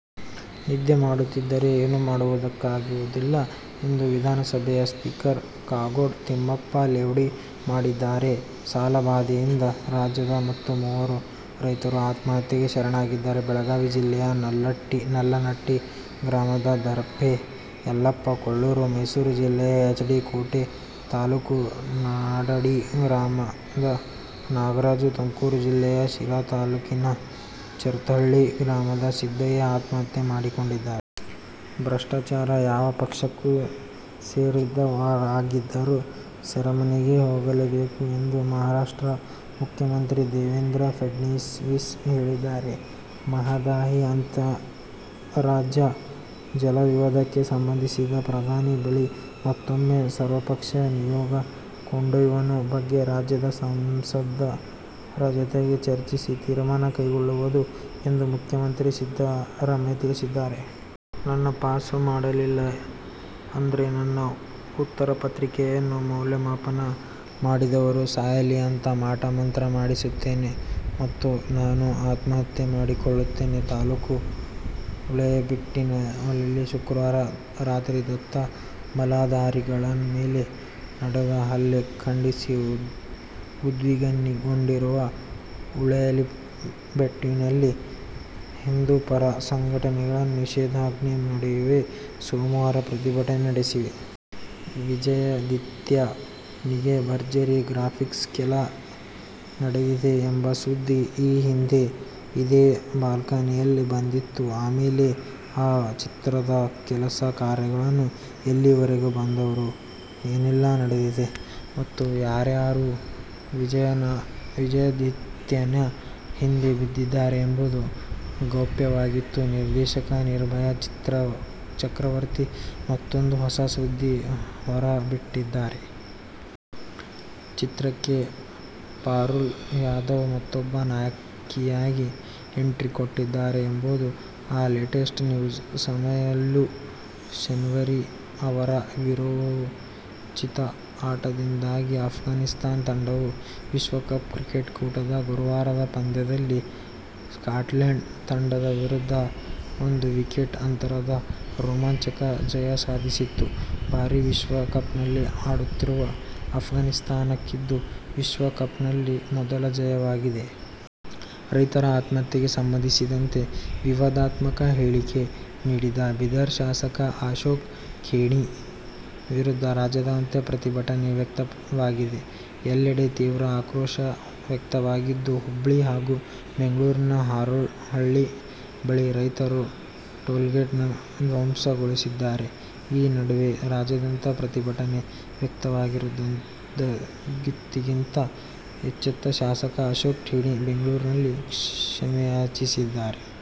ನಿದ್ದೆ ಮಾಡುತ್ತಿದ್ದರೆ ಏನೂ ಮಾಡುವುದಕ್ಕಾಗುವುದಿಲ್ಲ ಎಂದು ವಿಧಾನಸಭೆಯ ಸ್ಪೀಕರ್ ಕಾಗೋಡು ತಿಮ್ಮಪ್ಪ ಲೇವಡಿ ಮಾಡಿದ್ದಾರೆ. ಸಾಲಬಾಧೆಯಿಂದ ರಾಜ್ಯದಲ್ಲಿ ಮತ್ತೆ ಮೂವರು ರೈತರು ಆತ್ಮಹತ್ಯೆಗೆ ಶರಣಾಗಿದ್ದಾರೆ. ಬೆಳಗಾವಿ ಜಿಲ್ಲೆ ನಲ್ಲಾನಟ್ಟಿ ಗ್ರಾಮದ ಧರೆಪ್ಪ ಯಲ್ಲಪ್ಪ ಕುಳ್ಳೂರು, ಮೈಸೂರು ಜಿಲ್ಲೆಯ ಎಚ್. ಡಿ. ಕೋಟೆ ತಾಲೂಕಿನ ನಡಾಡಿ ಗ್ರಾಮದ ನಾಗರಾಜು, ತುಮಕೂರು ಜಿಲ್ಲೆ ಶಿರಾ ತಾಲೂಕಿನ ಚಿರತಹಳ್ಳಿ ಗ್ರಾಮದ ಸಿದ್ದಯ್ಯ ಆತ್ಮಹತ್ಯೆ ಮಾಡಿಕೊಂಡಿದ್ದಾರೆ. ಭ್ರಷ್ಟಾಚಾರಿಗಳು ಯಾವ ಪಕ್ಷಕ್ಕೆ ಸೇರಿದವರಾಗಿದ್ದರೂ ಸೆರೆಮನೆಗೆ ಹೋಗಲೇಬೇಕು ಎಂದು ಮಹಾರಾಷ್ಟ್ರ ಮುಖ್ಯಮಂತ್ರಿ ದೇವೇಂದ್ರ ಫಡ್ನವೀಸ್ ಹೇಳಿದ್ದಾರೆ. ಮಹದಾಯಿ ಅಂತಾರಾಜ್ಯ ಜಲ ವಿವಾದಕ್ಕೆ ಸಂಬಂಧಿಸಿದಂತೆ ಪ್ರಧಾನಿ ಬಳಿ ಮತ್ತೂಮ್ಮೆ ಸರ್ವಪಕ್ಷ ನಿಯೋಗ ಕೊಂಡೊಯ್ಯುವ ಬಗ್ಗೆ ರಾಜ್ಯದ ಸಂಸದರ ಜತೆಗೆ ಚರ್ಚಿಸಿ, ತೀರ್ಮಾನ ಕೈಗೊಳ್ಳಲಾಗುವುದು ಎಂದು ಮುಖ್ಯಮಂತ್ರಿ ಸಿದ್ದರಾಮಯ್ಯತಿಳಿಸಿದ್ದಾರೆ. "ನನ್ನ ಪಾಸು ಮಾಡಲಿಲ್ಲ ಅಂದ್ರೆ, ನನ್ನ ಉತ್ತರ ಪತ್ರಿಕೆಯನ್ನು ಮೌಲ್ಯಮಾಪನ ಮಾಡಿದವರು ಸಾಯಲಿ ಅಂತ ಮಾಟ ಮಂತ್ರ ಮಾಡಿಸುತ್ತೇನೆ ಮತ್ತು ನಾನೂ ಆತ್ಮಹತ್ಯೆ ಮಾಡಿಕೊಳ್ಳುತ್ತೇನೆ'। ತಾಲೂಕಿನ ಉಳಾಯಿಬೆಟ್ಟುವಿನಲ್ಲಿ ಶುಕ್ರವಾರ ರಾತ್ರಿ ದತ್ತ ಮಾಲಾಧಾರಿಗಳ ಮೇಲೆ ನಡೆದ ಹಲ್ಲೆ ಖಂಡಿಸಿ ಉದ್ವಿಗ್ನಗೊಂಡಿರುವ ಉಳಾಯಿಬೆಟ್ಟುವಿನಲ್ಲಿ ಹಿಂದುಪರ ಸಂಘಟನೆಗಳು ನಿಷೇಧಾಜ್ಞೆ ನಡುವೆಯೇ ಸೋಮವಾರ ಪ್ರತಿಭಟನೆ ನಡೆಸಿವೆ. "ವಿಜಯಾಧಿತ್ಯ' ನಿಗೆ ಭರ್ಜರಿ ಗ್ರಾಫಿಕ್ಸ್ ಕೆಲಸ ನಡೆದಿದೆ ಎಂಬ ಸುದ್ದಿ ಈ ಹಿಂದೆ ಇದೇ ಬಾಲ್ಕನಿಯಲ್ಲಿ ಬಂದಿತ್ತು. ಆಮೇಲೆ ಆ ಚಿತ್ರದ ಕೆಲಸ ಕಾರ್ಯಗಳು ಎಲ್ಲಿವರೆಗೆ ಬಂದವು, ಏನೆಲ್ಲಾ ನಡೆದಿದೆ ಮತ್ತೆ ಯಾರ್ಯಾರು "ವಿಜಯಾಧಿತ್ಯ'ನ ಹಿಂದೆ ಬಿದ್ದಿದ್ದಾರೆ ಎಂಬುದು ಗೌಪ್ಯವಾಗಿತ್ತು. ನಿರ್ದೇಶಕ ನಿರ್ಭಯ್ ಚಕ್ರವರ್ತಿ ಮತ್ತೂಂದು ಹೊಸ ಸುದ್ದಿ ಹರಿಬಿಟ್ಟಿದ್ದಾರೆ. ಚಿತ್ರಕ್ಕೆ ಪಾರುಲ್ ಯಾದವ್ ಮತ್ತೂಬ್ಬ ನಾಯಕಿಯಾಗಿ ಎಂಟ್ರಿಕೊಡುತ್ತಿದ್ದಾರೆ ಎಂಬುದೇ ಆ ಲೇಟೆಸ್ಟ್ ನ್ಯೂಸು. ಸಮಿಯುಲ್ಲ ಶೆನ್ವರಿ ಅವರ ವೀರೋಚಿತ ಆಟದಿಂದಾಗಿ ಅಫ್ಘಾನಿಸ್ಥಾನ ತಂಡವು ವಿಶ್ವ ಕಪ್ ಕ್ರಿಕೆಟ್ ಕೂಟದ ಗುರುವಾರದ ಪಂದ್ಯದಲ್ಲಿ ಸ್ಕಾಟ್ಲೆಂಡ್ ತಂಡದ ವಿರುದ್ಧ ಒಂದು ವಿಕೆಟ್ ಅಂತರದ ರೋಮಾಂಚಕ ಜಯ ಸಾಧಿಸಿತು. ಬಾರಿ ವಿಶ್ವ ಕಪ್ನಲ್ಲಿ ಆಡುತ್ತಿರುವ ಅಫ್ಘಾನಿಸ್ಥಾನಕ್ಕಿದು ವಿಶ್ವ ಕಪ್ನಲ್ಲಿ ಮೊದಲ ಜಯವಾಗಿದೆ. ರೈತರ ಆತ್ಮಹತ್ಯೆಗೆ ಸಂಬಂಧಿಸಿದಂತೆ ವಿವಾದಾತ್ಮಕ ಹೇಳಿಕೆ ನೀಡಿದ ಬೀದರ ಶಾಸಕ ಅಶೋಕ ಖೇಣಿ ವಿರುದ್ಧ ರಾಜ್ಯಾದ್ಯಂತ ಪ್ರತಿಭಟನೆ ವ್ಯಕ್ತವಾಗಿದೆ. ಎಲ್ಲೆಡೆ ತೀವ್ರ ಆಕ್ರೋಶ ವ್ಯಕ್ತವಾಗಿದ್ದು, ಹುಬ್ಬಳ್ಳಿ ಹಾಗೂ ಬೆಂಗಳೂರಿನ ಹಾರೋಹಳ್ಳಿ ಬಳಿ ರೈತರು ಟೋಲ್ಗೇಟ್ನ್ನು ಧ್ವಂಸಗೊಳಿಸಿದ್ದಾರೆ. ಈ ನಡುವೆ ರಾಜ್ಯಾದ್ಯಂತ ಪ್ರತಿಭಟನೆ ವ್ಯಕ್ತವಾಗುತ್ತಿದ್ದಂತೆ ಎಚ್ಚೆತ್ತ ಶಾಸಕ ಅಶೋಕ ಖೇಣಿ ಬೆಂಗಳೂರಲ್ಲಿ ಕ್ಷಮೆಯಾಚಿಸಿದ್ದಾರೆ.